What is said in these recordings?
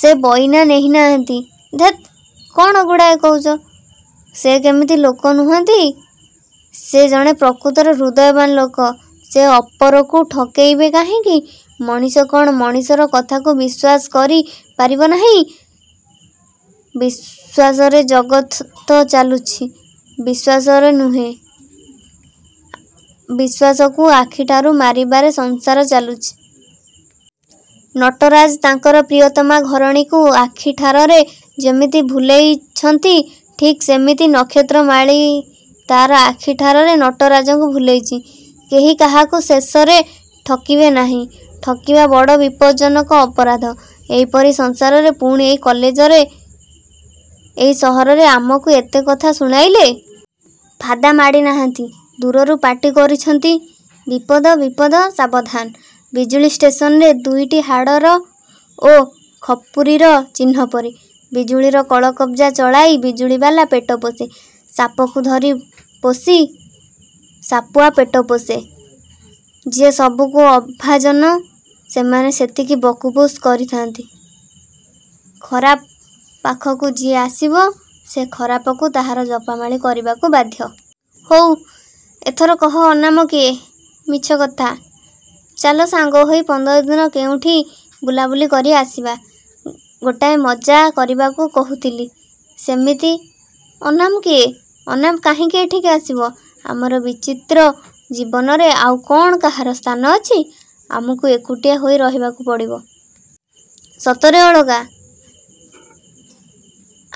ସେ ବଇନା ନେଇ ନାହାନ୍ତି? -ଧେତ୍, କଣ ଗୁଡ଼ାଏ କହୁଛ? ସେ ସେମିତି ଲୋକ ନୁହନ୍ତି। ସେ ଜଣେ ପ୍ରକୃତରେ ହୃଦୟବାନ୍ ଲୋକ। ସେ ଅପରକୁ ଠକେଇବେ କାହିଁକି? ମଣିଷ କ'ଣ ମଣିଷର କଥାକୁ ବିଶ୍ୱାସ କରି ପାରିବ ନାହିଁ? ବିଶ୍ୱାସରେ ଜଗତ ଚାଲୁଛି। -ବିଶ୍ୱାସରେ ନୁହେଁ ବିଶ୍ୱାସକୁ ଆଖିଠାର ମାରିବାରେ ସଂସାର ଚାଲୁଛି। ନଟରାଜ ତାଙ୍କର ପ୍ରିୟତମା ଘରଣୀକୁ ଆଖିଠାରରେ ଯେମିତି ଭୁଲେଇଛନ୍ତି ଠିକ୍ ସେମିତି ନକ୍ଷତ୍ରମାଳୀ ତା'ର ଆଖିଠାରରେ ନଟରାଜଙ୍କୁ ଭୁଲେଇଛି। କେହି କାହାକୁ ଶେଷରେ ଠକିବେ ନାହିଁ। ଠକିବା ବଡ଼ ବିପଦଜନକ ଅପରାଧ। -ଏଇପରି ସଂସାରରେ ପୁଣି ଏଇ କଲେଜରେ, ଏଇ ସହରରେ ଆମକୁ ଏତେ କଥା ଶୁଣାଇଲେ? -ଫାଦା ମାଡ଼ି ନାହାଁନ୍ତି। ଦୂରରୁ ପାଟି କରିଛନ୍ତି-ବିପଦ-ବିପଦ-ସାବଧାନ। ବିଜୁଳି ଷ୍ଟେସନରେ ଦୁଇଟି ହାଡ଼ର ଓ ଖପୁରୀର ଚିହ୍ନପରି। ବିଜୁଳିର କଳକବ୍ଜା ଚଳାଇ ବିଜୁଳିବାଲା ପେଟ ପୋଷେ। ସାପକୁ ଧରି ପୋଷି ସାପୁଆ ପେଟ ପୋଷେ। ଯିଏ ସବୁକୁ ଅଭାଜନ, ସେମାନେ ସେତିକି ବକୁବସ୍ କରିଥାନ୍ତି। ଖରାପ ପାଖକୁ ଯିଏ ଆସିବ-ସେ ଖରାପକୁ ତାହାର ଜପାମାଳୀ କରିବାକୁ ବାଧ୍ୟ। -ହଉ, ଏଥର କହ ଅନାମ କିଏ? -ମିଛକଥା। ଚାଲ ସାଙ୍ଗହୋଇ ପନ୍ଦରଦିନ କେଉଁଠି ବୁଲାବୁଲି କରି ଆସିବା। ଗୋଟାଏ ମଜ୍ଜା କରିବାକୁ କହୁଥିଲି ସେମିତି, ଅନାମ କିଏ? -ଅନାମ କାହିଁକି ଏଠିକି ଆସିବ? ଆମର ବିଚିତ୍ର ଜୀବନରେ ଆଉ କ'ଣ କାହାର ସ୍ଥାନ ଅଛି? ଆମକୁ ଏକୁଟିଆ ହୋଇ ରହିବାକୁ ପଡ଼ିବ। -ସତରେ ଅଳକା।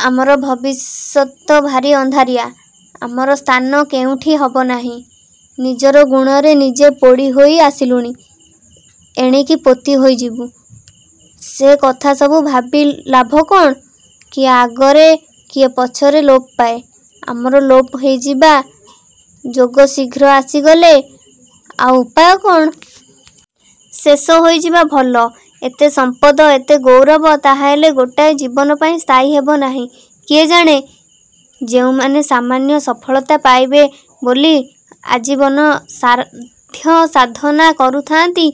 ଆମର ଭବିଷ୍ୟତ ଭାରି ଅନ୍ଧାରିଆ। ଆମର ସ୍ଥାନ କେଉଁଠି ହବ ନାହିଁ। ନିଜର ଗୁଣରେ ନିଜେ ପୋଡ଼ି ହୋଇ ଆସିଲୁଣି। ଏଣିକି ପୋତି ହୋଇଯିବୁ। -ସେ କଥା ସବୁ ଭାବି ଲାଭ କ'ଣ? କିଏ ଆଗରେ କିଏ ପଛରେ ଲୋପ ପାଏ। ଆମର ଲୋପ ହୋଇଯିବା ଯୋଗ ଶୀଘ୍ର ଆସିଗଲେ ଆଉ ଉପାୟ କ'ଣ? ଶେଷ ହୋଇଯିବା ଭଲ। -ଏତେ ସମ୍ପଦ, ଏତେ ଗୌରବ ତାହାହେଲେ ଗୋଟାଏ ଜୀବନ ପାଇଁ ସ୍ଥାୟୀ ହେବ ନାହିଁ? -କିଏ ଜାଣେ? ଯେଉଁମାନେ ସାମାନ୍ୟ ସଫଳତା ପାଇବେ ବୋଲି ଆଜୀବନ ସାଧ୍ୟ ସାଧନା କରୁଥାନ୍ତି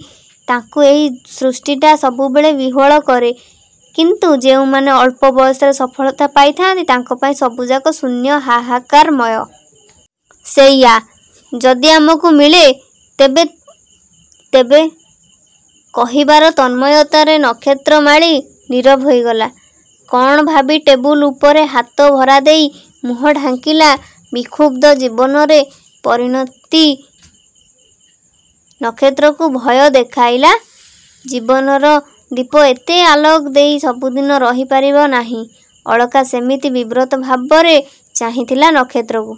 ତାଙ୍କୁ ଏଇ ସୃଷ୍ଟିଟା ସବୁବେଳେ ବିହ୍ୱଳ କରେ। କିନ୍ତୁ ଯେଉଁମାନେ ଅଳ୍ପ ବୟସରେ ସଫଳତା ପାଇଥାନ୍ତି ତାଙ୍କ ପାଇଁ ସବୁଯାକ ଶୂନ୍ୟ-ହାହାକାରମୟ। ସେଇଆ ଯଦି ଆମକୁ ମିଳେ, ତେବେ-ତେବେ କହିବାର ତନ୍ମୟତାରେ ନକ୍ଷତ୍ରମାଳୀ ନୀରବ ହୋଇଗଲା। କ'ଣ ଭାବି ଟେବୁଲ ଉପରେ ହାତ ଭରାଦେଇ ମୁହଁ ଢାଙ୍କିଲା। ବିକ୍ଷୁବ୍ଧ ଜୀବନରେ ପରିଣତି ନକ୍ଷତ୍ରକୁ ଭୟ ଦେଖାଇଲା। ଜୀବନର ଦୀପ ଏତେ ଆଲୋକ ଦେଇ ସବୁଦିନକୁ ରହିପାରିବ ନାହିଁ। ଅଳକା ସେମିତି ବିବ୍ରତ ଭାବରେ ଚାହିଁଥିଲା ନକ୍ଷତ୍ରକୁ।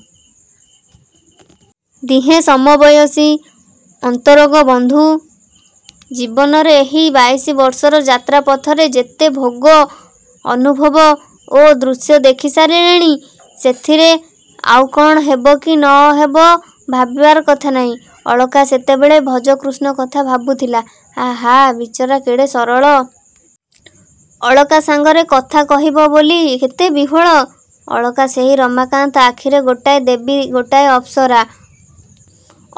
ଦିହେଁ ସମବୟସୀ-ଅନ୍ତରଙ୍ଗ ବନ୍ଧୁ। ଜୀବନରେ ଏହି ବାଇଶି ବର୍ଷର ଯାତ୍ରା ପଥରେ ଯେତେ ଭୋଗ, ଅନୁଭବ ଓ ଦୃଶ୍ୟ ଦେଖିସାରିଲେଣି ସେଥିରେ ଆଉ କ'ଣ ହେବ କି ନ ହେବ ଭାବିବାର କଥା ନାହିଁ। ଅଳକା ସେତେବେଳେ ଭଜକୃଷ୍ଣ କଥା ଭାବୁଥିଲା-ଆହା, ବିଚରା କେଡ଼େ ସରଳ? ଅଳକା ସାଙ୍ଗରେ କଥା କହିବ ବୋଲି କେତେ ବିହ୍ୱଳ? ଅଳକା ସେହି ରମାକାନ୍ତ ଆଖିରେ ଗୋଟାଏ ଦେବୀ-ଗୋଟାଏ ଅପ୍ସରା।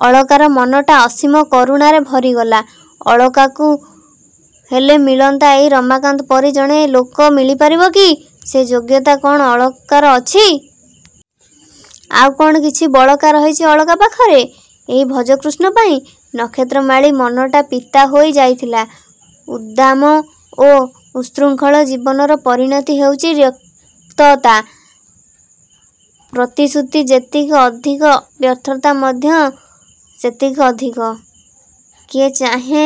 ଅଳକାର ମନଟା ଅସୀମ କରୁଣାରେ ଭରିଗଲା। ଅଳକାକୁ ହେଲେ ମିଳନ୍ତା ଏଇ ରମାକାନ୍ତ ପରି ଜଣେ ଲୋକ ମିଳିପାରିବ କି? ସେ ଯୋଗ୍ୟତା କ'ଣ ଅଳକାର ଅଛି? -ଆଉ କ'ଣ କିଛି ବଳକା ରହିଛି ଅଳକା ପାଖରେ? -ଏଇ ଭଜକୃଷ୍ଣ ପାଇଁ? ନକ୍ଷତ୍ରମାଳୀ ମନଟା ପିତା ହୋଇ ଯାଇଥିଲା। ଉଦ୍ଦାମ ଓ ଉତ୍ସୃଙ୍ଖଳ ଜୀବନର ପରିଣତି ହେଉଛି ରିକ୍ତତା। ପ୍ରତିଶ୍ରୁତି ଯେତିକି ଅଧିକ-ବ୍ୟର୍ଥତା ମଧ୍ୟ ସେତିକି ଅଧିକ। କିଏ ଚାହେଁ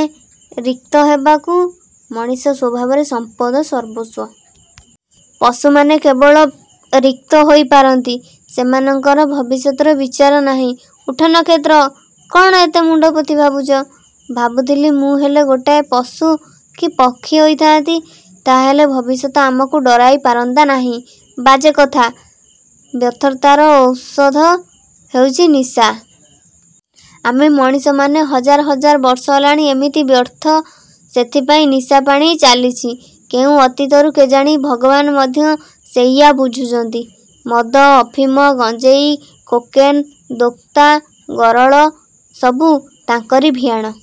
ରିକ୍ତ ହେବାକୁ? ମଣିଷ ସ୍ୱଭାବରେ ସମ୍ପଦ-ସର୍ବସ୍ୱ। ପଶୁମାନେ କେବଳ ରିକ୍ତ ହୋଇ ପାରନ୍ତି। ସେମାନଙ୍କର ଭବିଷ୍ୟତର ବିଚାର ନାହିଁ। -ଉଠ, ନକ୍ଷତ୍ର। କ'ଣ ଏତେ ମୁଣ୍ଡପୋତି ଭାବୁଛ? -ଭାବୁଥିଲି ମୁଁ ହେଲେ ଗୋଟାଏ ପଶୁ କି ପକ୍ଷୀ ହୋଇଥା'ନ୍ତି। ତାହାହେଲେ ଭବିଷ୍ୟତ ଆମକୁ ଡରାଇ ପାରନ୍ତା ନାହିଁ। -ବାଜେ କଥା। ବ୍ୟର୍ଥତାର ଔଷଧ ହେଉଛି ନିଶା। ଆମେ ମଣିଷମାନେ ହଜାର ହଜାର ବର୍ଷ ହେଲାଣି ଏମିତି ବ୍ୟର୍ଥ। ସେଥିପାଇଁ ନିଶାପାଣି ଚାଲିଛି କେଉଁ ଅତୀତରୁ କେଜାଣି। ଭଗବାନ ମଧ୍ୟ ସେଇଆ ବୁଝିଛନ୍ତି। ମଦ, ଅଫିମ, ଗଞ୍ଜେଇ, କୋକେନ୍, ଦୋକ୍ତା, ଗରଳ-ସବୁ ତାଙ୍କରି ଭିଆଣ।